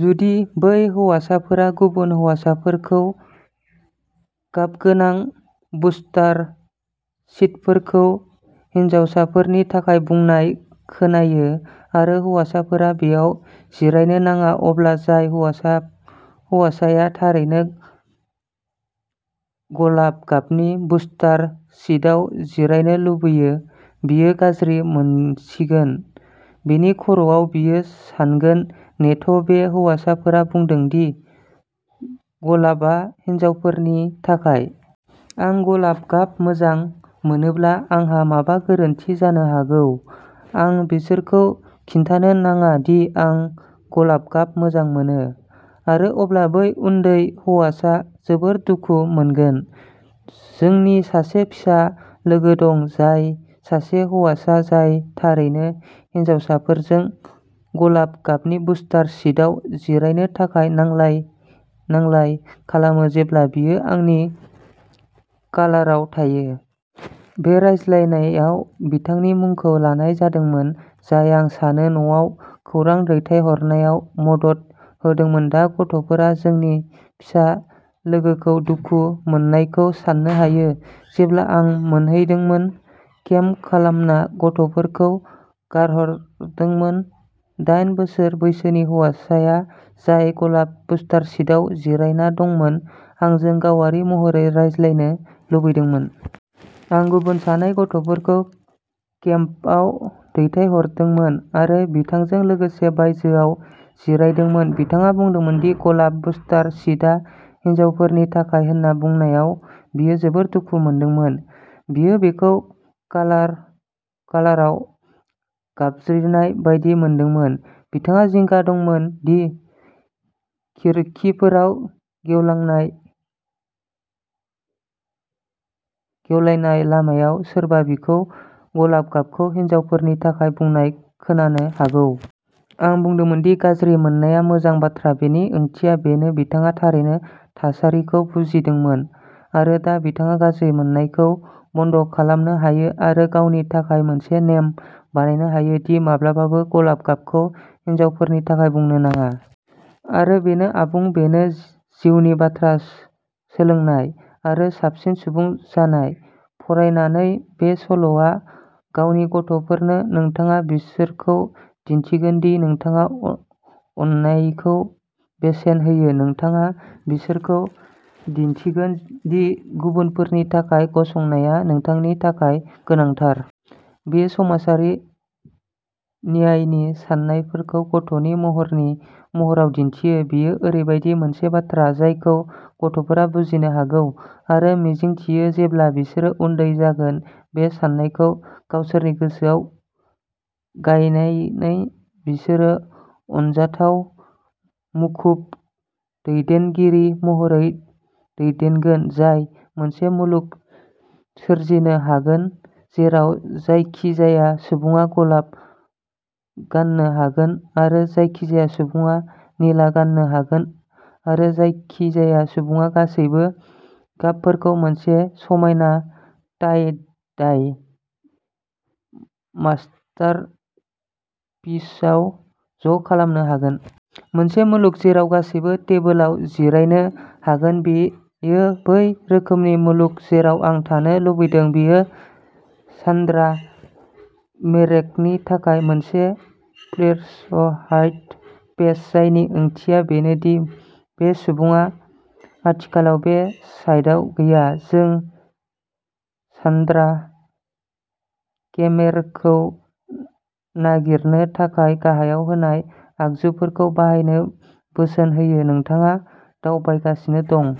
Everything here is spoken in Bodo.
जुदि बै हौवासाफोरा गुबुन हौवासाफोरखौ गाबगोनां बुस्टार सिटफोरखौ हिनजावसाफोरनि थाखाय बुंनाय खोनायो आरो हौवासाफोरा बेयाव जिरायनो नाङा, अब्ला जाय हौवासा हौवासाआ थारैनो गलाब गाबनि बुस्टार सिटआव जिरायनो लुबैयो, बियो गाज्रि मोनसिगोन। बिनि खर'आव, बियो सानगोन, "नेथ', बे हौवासाफोरा बुंदों दि गलाबआ हिनजावफोरनि थाखाय। आं गलाब गाब मोजां मोनोब्ला आंहा माबा गोरोन्थि जानो हागौ। आं बिसोरखौ खिन्थानो नाङा दि आं गलाब गाब मोजां मोनो।" आरो अब्ला बै उन्दै हौवासाआ जोबोद दुखु मोनगोन। जोंनि सासे फिसा लोगो दं, जाय सासे हौवासा, जाय थारैनो हिनजावसाफोरजों गलाब गाबनि बुस्टार सिटआव जिरायनो थाखाय नांलाय-नांलाय खालामो जेब्ला बियो आंनि कालाराव थायो। बे रायज्लायनायाव बिथांनि मुंखौ लानाय जादोंमोन, जाय आं सानो न'आव खौरां दैथायहरनायाव मदद होदोंमोन। दा गथ'फोरा जोंनि फिसा लोगोखौ दुखु मोननायखौ सान्नो हायो। जेब्ला आं मोनहैदोंमोन। केम्प खालामना गथ'फोरखौ गारहरदोंमोन, दायेन बोसोर बैसोनि हौवाया, जाय गलाब बुस्टार सिटआव जिरायना दंमोन, आंजों गावारि महरै रायज्लायनो लुबैदोंमोन। आं गुबुन सानै गथ'फोरखौ केम्पआव दैथायहरदोंमोन आरो बिथांजों लोगोसे बायजोआव जिरायदोंमोन। बिथाङा बुंदोंमोन दि गलाब बुस्टार सिटआ हिनजावफोरनि थाखाय होनना बुंनायाव बियो जोबोद दुखु मोनदों, बियो बेखौ कालार कालाराव गाबज्रिनाय बायदि मोनदोंमोन। बिथाङा जिंगा दंमोन दि खिरखिफोराव गेवलांनाय गेवलायनाय, लामायाव सोरबा बिखौ गलाब गाबखौ हिनजावफोरनि थाखाय बुंनाय खोनानो हागौ। आं बुंदोंमोन दि गाज्रि मोननाया मोजां बाथ्रा, बेनि ओंथिया बेनोदि बिथाङा थारैनो थासारिखौ बुजिदोंमोन, आरो दा बिथाङा गाज्रि मोननायखौ बन्द'खालामनो हायो आरो गावनि थाखाय मोनसे नेम बानायनो हायो दि माब्लाबाबो गलाब गाबखौ हिनजावफोरनि थाखाय बुंनो नाङा। आरो बेनो आबुं। बेनो जिउनि बाथ्रा। सोलोंनाय आरो साबसिन सुबुं जानाय। फरायनानै। बे सल'आ गावनि गथ'फोरनो, नोंथाङा बिसोरखौ दिन्थिगोन दि नोंथाङा अननायखौ बेसेन होयो। नोंथाङा बिसोरखौ दिन्थिगोन दि गुबुनफोरनि थाखाय गसंनाया नोंथांनि थाखाय गोनांथार। बेयो समाजारि न्यायनि साननायखौ गथ'नि महरनि महराव दिन्थियो। बेयो ओरैबायदि मोनसे बाथ्रा जायखौ गथ'फोरा बुजिनो हागौ। आरो मिजिंथियो, जेब्ला बिसोरो उन्दै जागोन, बे साननायखौ गावसोरनि गोसोआव गायनायनै, बिसोरो अनजाथाव, मुखुब दैदेनगिरि महरै देरगोन जाय मोनसे मुलुग सोरजिनो हागोन जेराव जायखिजाया सुबुङा गलाब गान्नो हागोन, आरो जायखिजाया सुबुङा निला गान्नो हागोन, आरो जायखिजाया सुबुङा गासैबो गाबफोरखौ मोनसे समायना टाइ-डाइ मास्टारपिसआव ज'खालामनो हागोन। मोनसे मुलुग जेराव गासैबो टेबोलाव जिरायनो हागोन। बेयो बै रोखोमनि मुलुग जेराव आं थानो लुबैदों। बेयो सान्द्रा मेरेक'नि थाखाय मोनसे प्लेसहायद पेज, जायनि ओंथिया बेनो दि बे सुबुङा आथिखालाव बे साइटआव गैया। जों सान्द्रा केमेर'खौ नागिरनो थाखाय गाहायाव होनाय आगजुफोरखौ बाहायनो बोसोन होयो। नोंथाङा दावबायगासिनो दं।